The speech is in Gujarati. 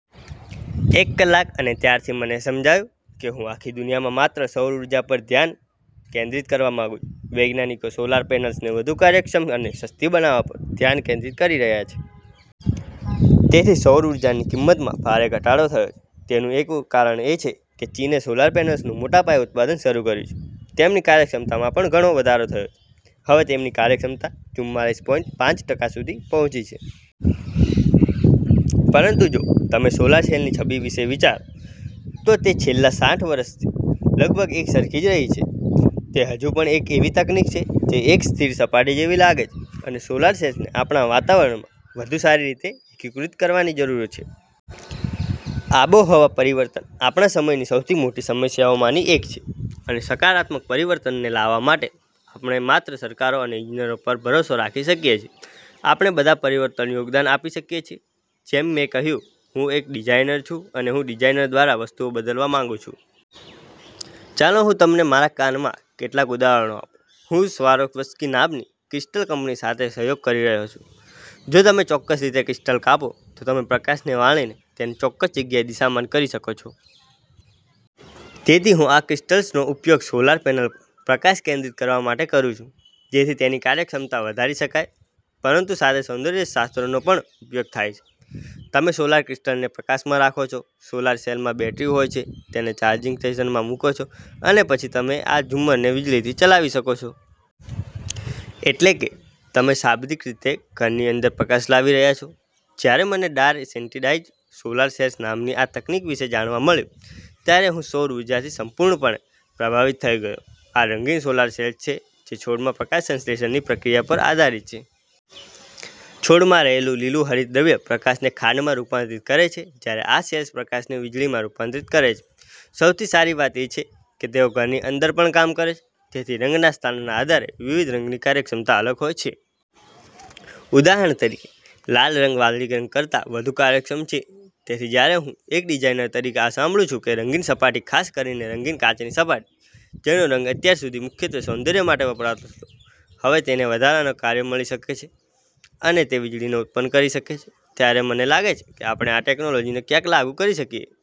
એક કલાક. અને ત્યારથી મને સમજાયું કે હું આખી દુનિયામાં માત્ર સૌર ઊર્જા પર ધ્યાન કેન્દ્રિત કરવા માંગુ છું. વૈજ્ઞાનિકો સોલાર પેનલ્સને વધુ કાર્યક્ષમ અને સસ્તી બનાવવા પર ધ્યાન કેન્દ્રિત કરી રહ્યા છે. તેથી સૌર ઊર્જાની કિંમતમાં ભારે ઘટાડો થયો છે. તેનું એક કારણ એ છે કે ચીને સોલાર પેનલ્સનું મોટા પાયે ઉત્પાદન શરૂ કર્યું છે. તેમની કાર્યક્ષમતામાં પણ ઘણો વધારો થયો છે. હવે તેમની કાર્યક્ષમતા ચુમ્માલીસ પોઇન્ટ પાંચ ટકા સુધી પહોંચી છે. પરંતુ જો તમે સોલાર સેલની છબી વિશે વિચારો, તો તે છેલ્લા સાઠ વર્ષથી લગભગ એકસરખી જ રહી છે. તે હજુ પણ એક એવી તકનીક છે, જે એક સ્થિર સપાટી જેવી લાગે છે. અને સોલાર સેલ્સને આપણા વાતાવરણમાં વધુ સારી રીતે એકીકૃત કરવાની જરૂર છે. આબોહવા પરિવર્તન આપણા સમયની સૌથી મોટી સમસ્યાઓમાંની એક છે. અને સકારાત્મક પરિવર્તન લાવવા માટે આપણે માત્ર સરકારો અને ઇજનેરો પર ભરોસો રાખી શકીએ નહીં. આપણે બધા પરિવર્તનમાં યોગદાન આપી શકીએ છીએ. જેમ મેં કહ્યું, હું એક ડિઝાઇનર છું અને હું ડિઝાઇન દ્વારા વસ્તુઓ બદલવા માંગું છું. ચાલો, હું તમને મારા કામનાં કેટલાક ઉદાહરણો આપું. હું સ્વારોવસ્કી નામની ક્રિસ્ટલ કંપની સાથે સહયોગ કરી રહ્યો છું. જો તમે ચોક્કસ રીતે ક્રિસ્ટલ કાપો, તો તમે પ્રકાશને વાળીને તેને ચોક્કસ જગ્યાએ દિશામાન કરી શકો છો. તેથી હું આ ક્રિસ્ટલ્સનો ઉપયોગ સોલાર પેનલ પર પ્રકાશ કેન્દ્રિત કરવા માટે કરું છું, જેથી તેની કાર્યક્ષમતા વધારી શકાય, પરંતુ સાથે સૌંદર્યશાસ્ત્રનો પણ ઉપયોગ થાય. તમે સોલાર ક્રિસ્ટલને પ્રકાશમાં રાખો છો, સોલાર સેલમાં બેટરી હોય છે, તેને ચાર્જિંગ સ્ટેશનમાં મૂકો છો અને પછી તમે આ ઝુમ્મરને વીજળીથી ચલાવી શકો છો. એટલે કે, તમે શાબ્દિક રીતે ઘરની અંદર પ્રકાશ લાવી રહ્યા છો. જ્યારે મને ડાઇ-સેન્સિટાઇઝ્ડ સોલાર સેલ્સ નામની આ તકનીક વિશે જાણવા મળ્યું, ત્યારે હું સૌર ઊર્જાથી સંપૂર્ણપણે પ્રભાવિત થઈ ગયો. આ રંગીન સોલાર સેલ્સ છે, જે છોડમાં પ્રકાશસંશ્લેષણની પ્રક્રિયા પર આધારિત છે. છોડમાં રહેલું લીલું હરિતદ્રવ્ય પ્રકાશને ખાંડમાં રૂપાંતરિત કરે છે, જ્યારે આ સેલ્સ પ્રકાશને વીજળીમાં રૂપાંતરિત કરે છે. સૌથી સારી વાત એ છે કે તેઓ ઘરની અંદર પણ કામ કરે છે. તેથી, રંગના સ્થાનના આધારે વિવિધ રંગોની કાર્યક્ષમતા અલગ હોય છે. ઉદાહરણ તરીકે, લાલ રંગ વાદળી કરતાં વધુ કાર્યક્ષમ છે. તેથી જ્યારે હું, એક ડિઝાઇનર તરીકે, આ સાંભળું છું કે રંગીન સપાટી, ખાસ કરીને રંગીન કાચની સપાટી, જેનો રંગ અત્યાર સુધી મુખ્યત્વે સૌંદર્ય માટે વપરાતો હતો, હવે તેને વધારાનું કાર્ય મળી શકે છે અને તે વીજળી ઉત્પન્ન કરી શકે છે, ત્યારે મને લાગે છે કે આપણે આ ટેક્નોલોજીને ક્યાં ક્યાં લાગુ કરી શકીએ...